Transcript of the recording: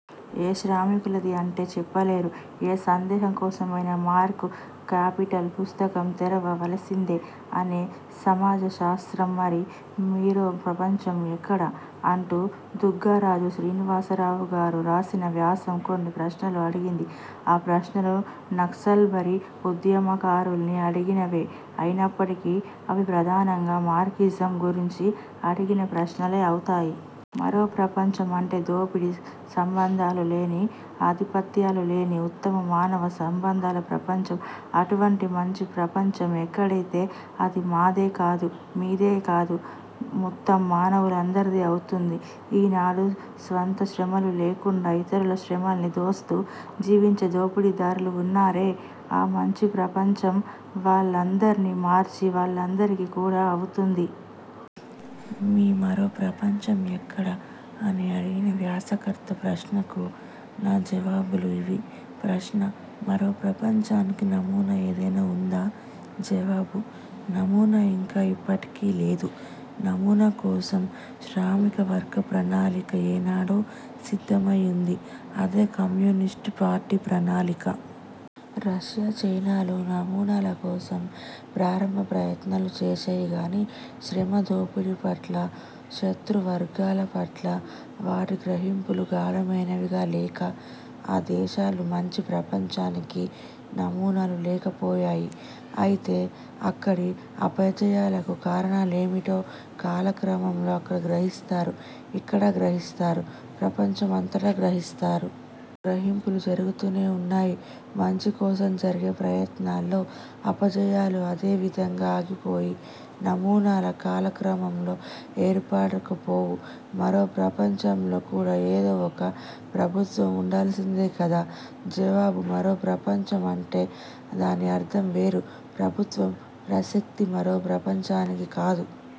''ఏ శ్రామికులది'' అంటే, చెప్పలేరు. ఏ సందేహం కోసం అయినా, మార్క్''కాపిటల్'' పుస్తకం తెరవ వలిసిందే! అనే సమాజ శాస్త్రం మరి! ''మీరో ప్రపంచం ఎక్కడ? '' అంటూ, దుగ్గరాజు శ్రీనివాసరావు గారు రాసిన వ్యాసం కొన్ని ప్రశ్నలు అడిగింది. ఆ ప్రశ్నలు, నక్సల్బరీ ఉద్యమకారుల్ని అడిగినవే అయినప్పటికీ, అవి ప్రధానంగా ''మార్క్సిజం'' గురించి అడిగిన ప్రశ్నలే అవుతాయి. ''మరో ప్రపంచం'' అంటే, దోపిడీ సంబంధాలు లేని, ఆధిపత్యాలు లేని, ఉత్తమ మానవ సంబంధాల ప్రపంచం. అటువంటి మంచి ప్రపంచం ఏక్కడితే, అది ''మాదే'' కాదు; ''మీదే'' కాదు; మొత్తం మానవులందరిదీ అవుతుంది. ఈ నాడు, స్వంత శ్రమలు లేకుండా ఇతరుల శ్రమల్ని దోస్తూ జీవించే దోపిడీదారులు వున్నారే, ఆ మంచి ప్రపంచం, వాళ్ళందర్నీ మార్చి, వాళ్ళందరిదీ కూడా అవుతుంది. ''మీ మరో ప్రపంచం ఎక్కడ? '' అని అడిగిన వ్యాసకర్త ప్రశ్నకు నా జవాబులు ఇవి: ప్రశ్న: మరో ప్రపంచానికి నమూనా ఏదైనా వుందా? జవాబు: నమూనా ఇంకా ఇప్పటికి లేదు. నమూనా కోసం, శ్రామిక వర్గ ప్రణాళిక ఏ నాడో సిద్ధమై వుంది. అదే 'కమ్యూనిస్టు పార్టీ ప్రణాళిక'. రష్యా–చైనాలు, నమూనాల కోసం ప్రారంభ ప్రయత్నాలు చేశాయి గానీ, ''శ్రమ దోపిడీ'' పట్లా, ''శతృ వర్గాల'' పట్లా, వాటి గ్రహింపులు గాఢమైనవిగా లేక, ఆ దేశాలు మంచి ప్రపంచానికి నమూనాలు లేకపోయాయి. అయితే, అక్కడి అపజయాలకు కారణాలేమిటో కాల క్రమంలో అక్కడా గ్రహిస్తారు, ఇక్కడా గ్రహిస్తారు, ప్రపంచం అంతటా గ్రహిస్తారు. ఆ గ్రహింపులు జరుగుతూనే వున్నాయి. ''మంచి'' కోసం జరిగే ప్రయత్నాల్లో అపజయాలు అదే విధంగా ఆగిపోవు. నమూనాలు కాల క్రమంలో ఏర్పడక పోయి. మరో ప్రపంచంలో కూడా ఏదో ఒక ప్రభుత్వం ఉండాల్సిందే కదా? జవాబు: ''మరో ప్రపంచం'' అంటే, దాని అర్ధం వేరు. ''ప్రభుత్వం'' ప్రసక్తి, మరో ప్రపంచానిది కాదు.